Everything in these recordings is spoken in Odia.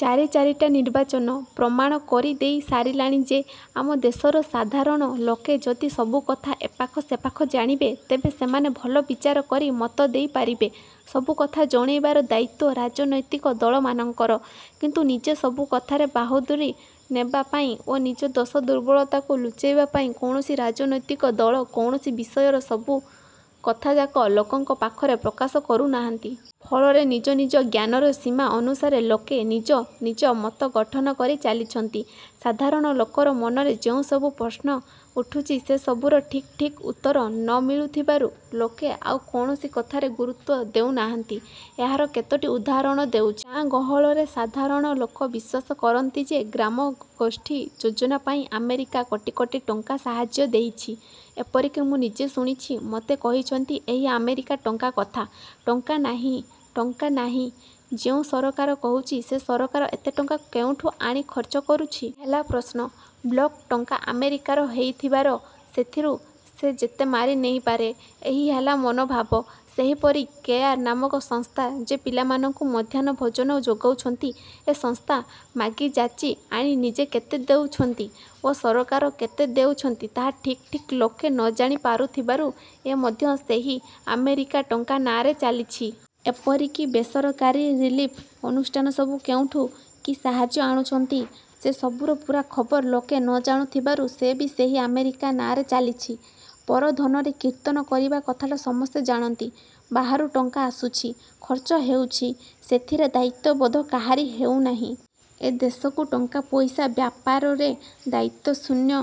ଚାରି ଚାରିଟା ନିର୍ବାଚନ ପ୍ରମାଣ କରି ଦେଇ ସାରିଲାଣି ଯେ ଆମ ଦେଶର ସାଧାରଣ ଲୋକେ ଯଦି ସବୁ କଥା ଏପାଖ ସେପାଖ ଜାଣିବେ, ତେବେ ସେମାନେ ଭଲ ବିଚାର କରି ମତ ଦେଇ ପାରିବେ। ସବୁ କଥା ଜଣାଇବାର ଦାୟିତ୍ୱ ରାଜନୈତିକ ଦଳମାନଙ୍କର; କିନ୍ତୁ ନିଜେ ସବୁ କଥାରେ ବାହାଦୁରି ନେବା ପାଇଁ ଓ ନିଜ ଦୋଷ ଦୁର୍ବଳତାକୁ ଲୁଚାଇବା ପାଇଁ କୌଣସି ରାଜନୈତିକ ଦଳ କୌଣସି ବିଷୟର ସବୁ କଥାଯାକ ଲୋକଙ୍କ ପାଖରେ ପ୍ରକାଶ କରୁନାହାନ୍ତି। ଫଳରେ ନିଜ ନିଜ ଜ୍ଞାନର ସୀମା ଅନୁସାରେ ଲୋକେ ନିଜ ନିଜ ମତ ଗଠନକରି ଚାଲିଛନ୍ତି। ସାଧାରଣ ଲୋକର ମନରେ ଯେଉଁସବୁ ପ୍ରଶ୍ନ ଉଠୁଛି ସେ ସବୁର ଠିକ୍ ଠିକ୍ ଉତ୍ତର ନ ମିଳୁଥିବାରୁ ଲୋକେ ଆଉ କୌଣସି କଥାରେ ଗୁରୁତ୍ୱ ଦେଉ ନାହାନ୍ତି। ଏହାର କେତୋଟି ଉଦାହରଣ ଦେଉଛି। ଗାଁ ଗହଳରେ ସାଧାରଣ ଲୋକ ବିଶ୍ୱାସ କରନ୍ତି ଯେ ଗ୍ରାମଗୋଷ୍ଠୀ ଯୋଜନାପାଇଁ ଆମେରିକା କୋଟି କୋଟି ଟଙ୍କା ସାହାଯ୍ୟ ଦେଇଛି। ଏପରିକି ମୁଁ ନିଜେ ଶୁଣିଛି, ମୋତେ କହିଛନ୍ତି ଏହି ଆମେରିକା ଟଙ୍କା କଥା। ଟଙ୍କା ନାହିଁ, ଟଙ୍କା ନାହିଁ ଯେଉଁ ସରକାର କହୁଛି, ସେ ସରକାର ଏତେ ଟଙ୍କା କେଉଁଠୁ ଆଣି ଖର୍ଚ୍ଚ କରୁଛି? ଏହି ହେଲା ପ୍ରଶ୍ନ। ବ୍ଲକ ଟଙ୍କା ଆମେରିକାର ହୋଇଥିବାରୁ ସେଥିରୁ ସେ ଯେତେ ମାରି ନେଇପାରେ। ଏହି ହେଲା ମନୋଭାବ। ସେହିପରି କେୟାର ନାମକ ସଂସ୍ଥା ଯେ ପିଲାମାନଙ୍କୁ ମଧ୍ୟାହ୍ନ ଭୋଜନ ଯୋଗାଉଛନ୍ତି। ଏ ସଂସ୍ଥା ମାଗିଯାଚି ଆଣି ନିଜେ କେତେ ଦେଉଛନ୍ତି ଓ ସରକାର କେତେ ଦେଉଛନ୍ତି ତାହା ଠିକ୍ ଠିକ୍ ଲୋକେ ନ ଜାଣି ପାରୁଥିବାରୁ ଏ ମଧ୍ୟ ସେହି ଆମେରିକା ଟଙ୍କା ନାଁରେ ଚାଲିଛି। ଏପରିକି ବେସରକାରୀ ରିଲିଫ ଅନୁଷ୍ଠାନ ସବୁ କେଉଁଠୁ କି ସାହାଯ୍ୟ ଆଣୁଛନ୍ତି, ସେ ସବୁର ପୂରା ଖବର ଲୋକେ ନଜାଣୁଥିବାରୁ ସେ ବି ସେହି ଆମେରିକା ନାଁରେ ଚାଲିଛି। ପର ଧନରେ କୀର୍ତ୍ତନ କରିବା କଥାଟା ସମସ୍ତେ ଜାଣନ୍ତି। ବାହାରୁ ଟଙ୍କା ଆସୁଛି, ଖର୍ଚ୍ଚ ହେଉଛି, ସେଥିରେ ଦାୟିତ୍ୱବୋଧ କାହାରି ହେଉନାହିଁ। ଏ ଦେଶକୁ ଟଙ୍କାପଇସା ବ୍ୟାପାରରେ ଦାୟିତ୍ୱଶୂନ୍ୟ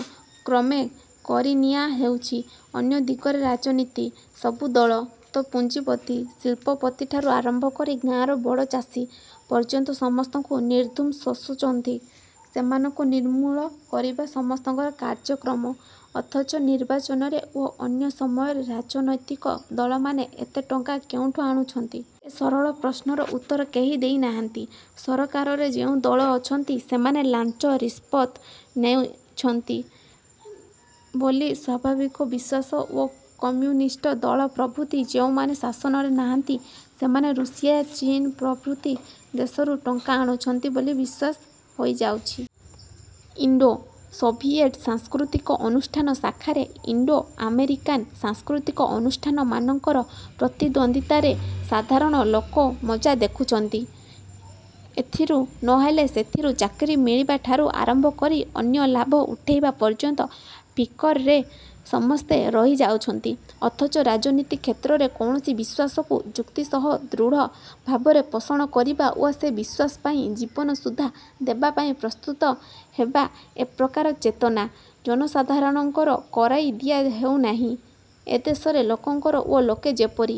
କ୍ରମେ କରିନିଆହେଉଛି। ଅନ୍ୟ ଦିଗରେ ରାଜନୀତି। ସବୁ ଦଳ। ତ ପୁଞ୍ଜିପତି, ଶିଳ୍ପପତିଠାରୁ ଆରମ୍ଭକରି ଗାଁର ବଡ଼ ଚାଷୀ ପର୍ଯ୍ୟନ୍ତ ସମସ୍ତଙ୍କୁ ନିର୍ଧୁମ୍ ଶୋଷୁଛନ୍ତି। ସେମାନଙ୍କୁ ନିର୍ମୂଳ କରିବା ସମସ୍ତଙ୍କର କାର୍ଯ୍ୟକ୍ରମ; ଅଥଚ ନିର୍ବାଚନରେ ଓ ଅନ୍ୟ ସମୟରେ ରାଜନୈତିକ ଦଳମାନେ ଏତେ ଟଙ୍କା କେଉଁଠୁ ଆଣୁଛନ୍ତି? ଏ ସରଳ ପ୍ରଶ୍ନର ଉତ୍ତର କେହି ଦେଇନାହାନ୍ତି। ସରକାରରେ ଯେଉଁ ଦଳ ଅଛନ୍ତି, ସେମାନେ ଲାଞ୍ଚ ରିସ୍ପତ ନେଇଛନ୍ତ ବୋଲି ସ୍ୱାଭାବିକ ବିଶ୍ୱାସ ଓ କମ୍ୟୁନିଷ୍ଟ ଦଳ ପ୍ରଭୃତି ଯେଉଁମାନେ ଶାସନରେ ନାହାନ୍ତି, ସେମାନେ ରୁଷିଆ, ଚୀନ ପ୍ରଭୃତି ଦେଶରୁ ଟଙ୍କା ଆଣୁଛନ୍ତି ବୋଲି ବିଶ୍ୱାସ ହୋଇଯାଉଛି। ଇଣ୍ଡୋ-ସୋଭିଏଟ ସାଂସ୍କୃତିକ ଅନୁଷ୍ଠାନ ଶାଖାରେ ଇଣ୍ଡୋଆମେରିକାନ ସାଂସ୍କୃତିକ ଅନୁଷ୍ଠାନମାନଙ୍କର ପ୍ରତିଦ୍ୱନ୍ଦ୍ୱିତାରେ ସାଧାରଣ ଲୋକ ମଜା ଦେଖୁଛନ୍ତି। ଏଥିରୁ ନ ହେଲେ ସେଥିରୁ ଚାକିରି ମିଳିବାଠାରୁ ଆରମ୍ଭ କରି ଅନ୍ୟ ଲାଭ ଉଠାଇବା ପର୍ଯ୍ୟନ୍ତ ଫିକରରେ ସମସ୍ତେ ରହି ଯାଉଛନ୍ତି; ଅଥଚ ରାଜନୀତିକ୍ଷେତ୍ରରେ କୌଣସି ବିଶ୍ୱାସକୁ ଯୁକ୍ତି ସହ ଦୃଢ଼ ଭାବରେ ପୋଷଣ କରିବା ଓ ସେ ବିଶ୍ୱାସ ପାଇଁ ଜୀବନ ସୁଦ୍ଧା ଦେବାପାଇଁ ପ୍ରସ୍ତୁତ ହେବା ଏପ୍ରକାର ଚେତନା ଜନସାଧାରଣଙ୍କର କରାଇ ଦିଆ ହେଉନାହିଁ। ଏ ଦେଶରେ ଲୋକଙ୍କର ଓ ଲୋକେ ଯେପରି